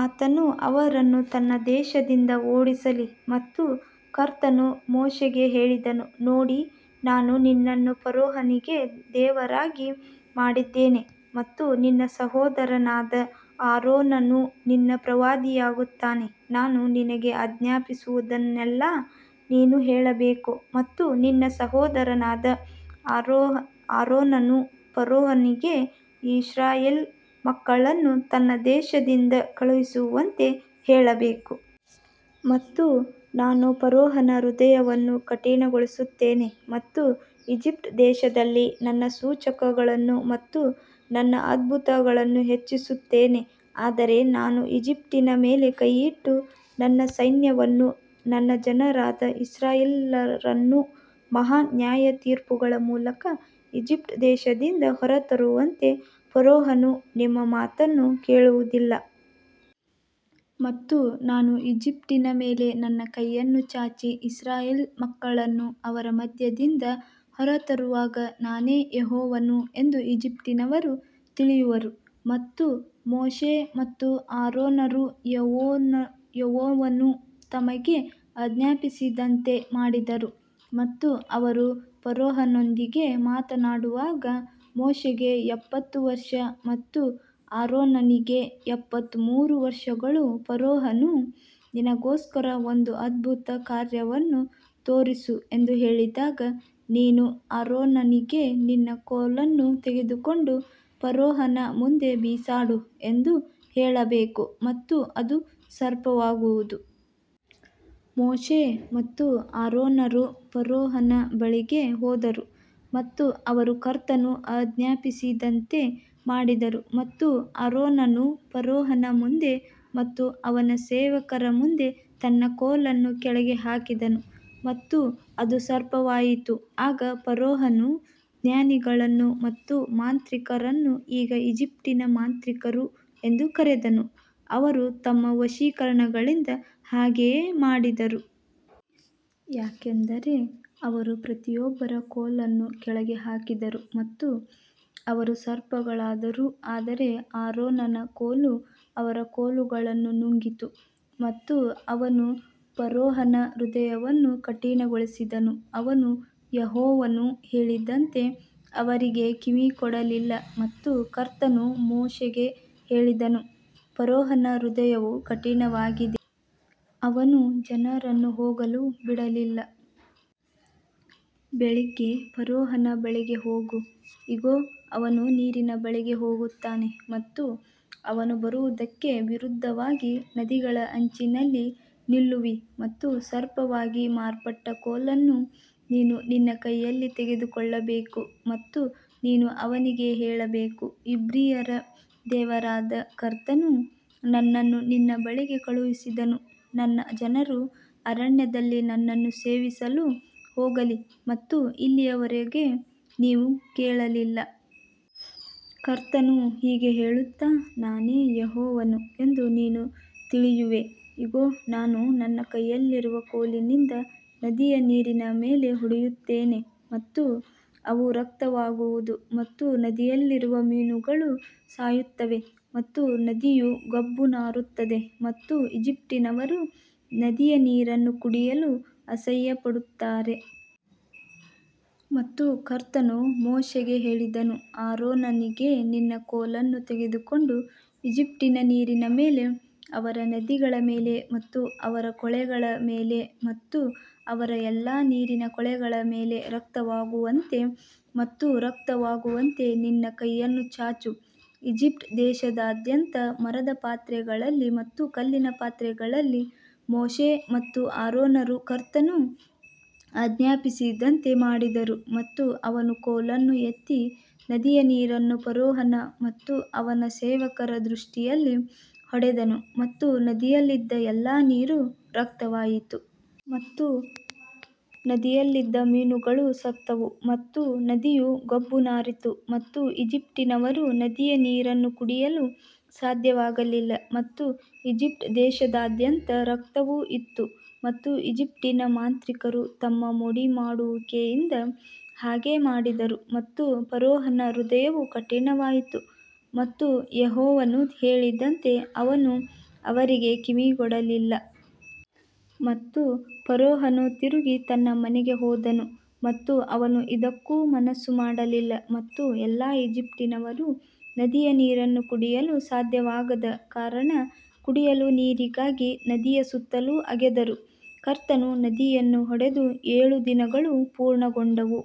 ಆತನು ಅವರನ್ನು ತನ್ನ ದೇಶದಿಂದ ಓಡಿಸಲಿ ಮತ್ತು ಕರ್ತನು ಮೋಶೆಗೆ ಹೇಳಿದನು ನೋಡಿ ನಾನು ನಿನ್ನನ್ನು ಫರೋಹನಿಗೆ ದೇವರಾಗಿ ಮಾಡಿದ್ದೇನೆ ಮತ್ತು ನಿನ್ನ ಸಹೋದರನಾದ ಆರೋನನು ನಿನ್ನ ಪ್ರವಾದಿಯಾಗುತ್ತಾನೆ. ನಾನು ನಿನಗೆ ಆಜ್ಞಾಪಿಸುವುದನ್ನೆಲ್ಲಾ ನೀನು ಹೇಳಬೇಕು ಮತ್ತು ನಿನ್ನ ಸಹೋದರನಾದ ಆರೋನನು ಫರೋಹನಿಗೆ ಇಸ್ರಾಯೇಲ್ ಮಕ್ಕಳನ್ನು ತನ್ನ ದೇಶದಿಂದ ಕಳುಹಿಸುವಂತೆ ಹೇಳಬೇಕು. ಮತ್ತು ನಾನು ಫರೋಹನ ಹೃದಯವನ್ನು ಕಠಿಣಗೊಳಿಸುತ್ತೇನೆ ಮತ್ತು ಈಜಿಪ್ಟ್ ದೇಶದಲ್ಲಿ ನನ್ನ ಸೂಚಕಗಳನ್ನು ಮತ್ತು ನನ್ನ ಅದ್ಭುತಗಳನ್ನು ಹೆಚ್ಚಿಸುತ್ತೇನೆ ಆದರೆ ನಾನು ಈಜಿಪ್ಟಿನ ಮೇಲೆ ಕೈಯಿಟ್ಟು ನನ್ನ ಸೈನ್ಯವನ್ನೂ ನನ್ನ ಜನರಾದ ಇಸ್ರಾಯೇಲ್ಯರನ್ನೂ ಮಹಾ ನ್ಯಾಯತೀರ್ಪುಗಳ ಮೂಲಕ ಈಜಿಪ್ಟ್ ದೇಶದಿಂದ ಹೊರತರುವಂತೆ ಫರೋಹನು ನಿಮ್ಮ ಮಾತನ್ನು ಕೇಳುವದಿಲ್ಲ. ಮತ್ತು ನಾನು ಈಜಿಪ್ಟಿನ ಮೇಲೆ ನನ್ನ ಕೈಯನ್ನು ಚಾಚಿ ಇಸ್ರಾಯೇಲ್ ಮಕ್ಕಳನ್ನು ಅವರ ಮಧ್ಯದಿಂದ ಹೊರತರುವಾಗ ನಾನೇ ಯೆಹೋವನು ಎಂದು ಈಜಿಪ್ಟಿನವರು ತಿಳಿಯುವರು. ಮತ್ತು ಮೋಶೆ ಮತ್ತು ಆರೋನರು ಯೆಹೋವನು ತಮಗೆ ಆಜ್ಞಾಪಿಸಿದಂತೆ ಮಾಡಿದರು ಮತ್ತು ಅವರು ಫರೋಹನೊಂದಿಗೆ ಮಾತನಾಡುವಾಗ ಮೋಶೆಗೆ ಎಪ್ಪತ್ತು ವರ್ಷ ಮತ್ತು ಆರೋನನಿಗೆ ಎಪ್ಪತ್ತು ಮೂರು ವರ್ಷಗಳು ಫರೋಹನು ನಿನಗೋಸ್ಕರ ಒಂದು ಅದ್ಭುತಕಾರ್ಯವನ್ನು ತೋರಿಸು ಎಂದು ಹೇಳಿದಾಗ ನೀನು ಆರೋನನಿಗೆ ನಿನ್ನ ಕೋಲನ್ನು ತೆಗೆದುಕೊಂಡು ಫರೋಹನ ಮುಂದೆ ಬಿಸಾಡು ಎಂದು ಹೇಳಬೇಕು ಮತ್ತು ಅದು ಸರ್ಪವಾಗುವುದು. ಮೋಶೆ ಮತ್ತು ಆರೋನರು ಫರೋಹನ ಬಳಿಗೆ ಹೋದರು ಮತ್ತು ಅವರು ಕರ್ತನು ಆಜ್ಞಾಪಿಸಿದಂತೆ ಮಾಡಿದರು ಮತ್ತು ಆರೋನನು ಫರೋಹನ ಮುಂದೆ ಮತ್ತು ಅವನ ಸೇವಕರ ಮುಂದೆ ತನ್ನ ಕೋಲನ್ನು ಕೆಳಗೆ ಹಾಕಿದನು ಮತ್ತು ಅದು ಸರ್ಪವಾಯಿತು. ಆಗ ಫರೋಹನು ಜ್ಞಾನಿಗಳನ್ನು ಮತ್ತು ಮಾಂತ್ರಿಕರನ್ನು ಈಗ ಈಜಿಪ್ಟಿನ ಮಾಂತ್ರಿಕರು ಎಂದು ಕರೆದನು, ಅವರು ತಮ್ಮ ವಶೀಕರಣಗಳಿಂದ ಹಾಗೆಯೇ ಮಾಡಿದರು. ಯಾಕಂದರೆ ಅವರು ಪ್ರತಿಯೊಬ್ಬರ ಕೋಲನ್ನು ಕೆಳಗೆ ಹಾಕಿದರು ಮತ್ತು ಅವರು ಸರ್ಪಗಳಾದರು ಆದರೆ ಆರೋನನ ಕೋಲು ಅವರ ಕೋಲುಗಳನ್ನು ನುಂಗಿತು. ಮತ್ತು ಅವನು ಫರೋಹನ ಹೃದಯವನ್ನು ಕಠಿಣಗೊಳಿಸಿದನು, ಅವನು ಯೆಹೋವನು ಹೇಳಿದಂತೆ ಅವರಿಗೆ ಕಿವಿಗೊಡಲಿಲ್ಲ ಮತ್ತು ಕರ್ತನು ಮೋಶೆಗೆ ಹೇಳಿದನು, ಫರೋಹನ ಹೃದಯವು ಕಠಿಣವಾಗಿದೆ, ಅವನು ಜನರನ್ನು ಹೋಗಲು ಬಿಡಲಿಲ್ಲ. ಬೆಳಿಗ್ಗೆ ಫರೋಹನ ಬಳಿಗೆ ಹೋಗು, ಇಗೋ ಅವನು ನೀರಿನ ಬಳಿಗೆ ಹೋಗುತ್ತಾನೆ ಮತ್ತು ಅವನು ಬರುವುದಕ್ಕೆ ವಿರುದ್ಧವಾಗಿ ನದಿಗಳ ಅಂಚಿನಲ್ಲಿ ನಿಲ್ಲುವಿ ಮತ್ತು ಸರ್ಪವಾಗಿ ಮಾರ್ಪಟ್ಟ ಕೋಲನ್ನು ನೀನು ನಿನ್ನ ಕೈಯಲ್ಲಿ ತೆಗೆದುಕೊಳ್ಳಬೇಕು. ಮತ್ತು ನೀನು ಅವನಿಗೆ ಹೇಳಬೇಕು, ಇಬ್ರಿಯರ ದೇವರಾದ ಕರ್ತನು ನನ್ನನ್ನು ನಿನ್ನ ಬಳಿಗೆ ಕಳುಹಿಸಿದನು ನನ್ನ ಜನರು ಅರಣ್ಯದಲ್ಲಿ ನನ್ನನ್ನು ಸೇವಿಸಲು ಹೋಗಲಿ ಮತ್ತು ಇಲ್ಲಿಯವರೆಗೆ ನೀವು ಕೇಳಲಿಲ್ಲ. ಕರ್ತನು ಹೀಗೆ ಹೇಳುತ್ತ ನಾನೇ ಯೆಹೋವನು ಎಂದು ನೀನು ತಿಳಿಯುವೆ ಇಗೋ ನಾನು ನನ್ನ ಕೈಯಲ್ಲಿರುವ ಕೋಲಿನಿಂದ ನದಿಯ ನೀರಿನ ಮೇಲೆ ಹೊಡೆಯುತ್ತೇನೆ ಮತ್ತು ಅವು ರಕ್ತವಾಗುವುದು ಮತ್ತು ನದಿಯಲ್ಲಿರುವ ಮೀನುಗಳು ಸಾಯುತ್ತವೆ ಮತ್ತು ನದಿಯು ಗಬ್ಬು ನಾರುತ್ತದೆ ಮತ್ತು ಈಜಿಪ್ಟಿನವರು ನದಿಯ ನೀರನ್ನು ಕುಡಿಯಲು ಅಸಹ್ಯಪಡುತ್ತಾರೆ. ಮತ್ತು ಕರ್ತನು ಮೋಶೆಗೆ ಹೇಳಿದನು ಆರೋನನಿಗೆ ನಿನ್ನ ಕೋಲನ್ನು ತೆಗೆದುಕೊಂಡು ಈಜಿಪ್ಟಿನ ನೀರಿನ ಮೇಲೆ ಅವರ ನದಿಗಳ ಮೇಲೆ ಮತ್ತು ಅವರ ಕೊಳಗಳ ಮೇಲೆ ಮತ್ತು ಅವರ ಎಲ್ಲಾ ನೀರಿನ ಕೊಳಗಳ ಮೇಲೆ ರಕ್ತವಾಗುವಂತೆ ಮತ್ತು ರಕ್ತವಾಗುವಂತೆ ನಿನ್ನ ಕೈಯನ್ನು ಚಾಚು. ಈಜಿಪ್ಟ್ ದೇಶದಾದ್ಯಂತ ಮರದ ಪಾತ್ರೆಗಳಲ್ಲಿ ಮತ್ತು ಕಲ್ಲಿನ ಪಾತ್ರೆಗಳಲ್ಲಿ ಮೋಶೆ ಮತ್ತು ಆರೋನರು ಕರ್ತನು ಆಜ್ಞಾಪಿಸಿದಂತೆ ಮಾಡಿದರು ಮತ್ತು ಅವನು ಕೋಲನ್ನು ಎತ್ತಿ ನದಿಯ ನೀರನ್ನು ಫರೋಹನ ಮತ್ತು ಅವನ ಸೇವಕರ ದೃಷ್ಟಿಯಲ್ಲಿ ಹೊಡೆದನು ಮತ್ತು ನದಿಯಲ್ಲಿದ್ದ ಎಲ್ಲಾ ನೀರು ರಕ್ತವಾಯಿತು. ಮತ್ತು ನದಿಯಲ್ಲಿದ್ದ ಮೀನುಗಳು ಸತ್ತವು ಮತ್ತು ನದಿಯು ಗಬ್ಬು ನಾರಿತು ಮತ್ತು ಈಜಿಪ್ಟಿನವರು ನದಿಯ ನೀರನ್ನು ಕುಡಿಯಲು ಸಾಧ್ಯವಾಗಲಿಲ್ಲ ಮತ್ತು ಈಜಿಪ್ಟ್ ದೇಶದಾದ್ಯಂತ ರಕ್ತವು ಇತ್ತು. ಮತ್ತು ಈಜಿಪ್ಟಿನ ಮಾಂತ್ರಿಕರು ತಮ್ಮ ಮೋಡಿಮಾಡುವಿಕೆಯಿಂದ ಹಾಗೆ ಮಾಡಿದರು ಮತ್ತು ಫರೋಹನ ಹೃದಯವು ಕಠಿಣವಾಯಿತು ಮತ್ತು ಯೆಹೋವನು ಹೇಳಿದಂತೆ ಅವನು ಅವರಿಗೆ ಕಿವಿಗೊಡಲಿಲ್ಲ. ಮತ್ತು ಫರೋಹನು ತಿರುಗಿ ತನ್ನ ಮನೆಗೆ ಹೋದನು ಮತ್ತು ಅವನು ಇದಕ್ಕೂ ಮನಸ್ಸು ಮಾಡಲಿಲ್ಲ ಮತ್ತು ಎಲ್ಲಾ ಈಜಿಪ್ಟಿನವರು ನದಿಯ ನೀರನ್ನು ಕುಡಿಯಲು ಸಾಧ್ಯವಾಗದ ಕಾರಣ ಕುಡಿಯಲು ನೀರಿಗಾಗಿ ನದಿಯ ಸುತ್ತಲೂ ಅಗೆದರು. ಕರ್ತನು ನದಿಯನ್ನು ಹೊಡೆದು ಏಳು ದಿನಗಳು ಪೂರ್ಣಗೊಂಡವು.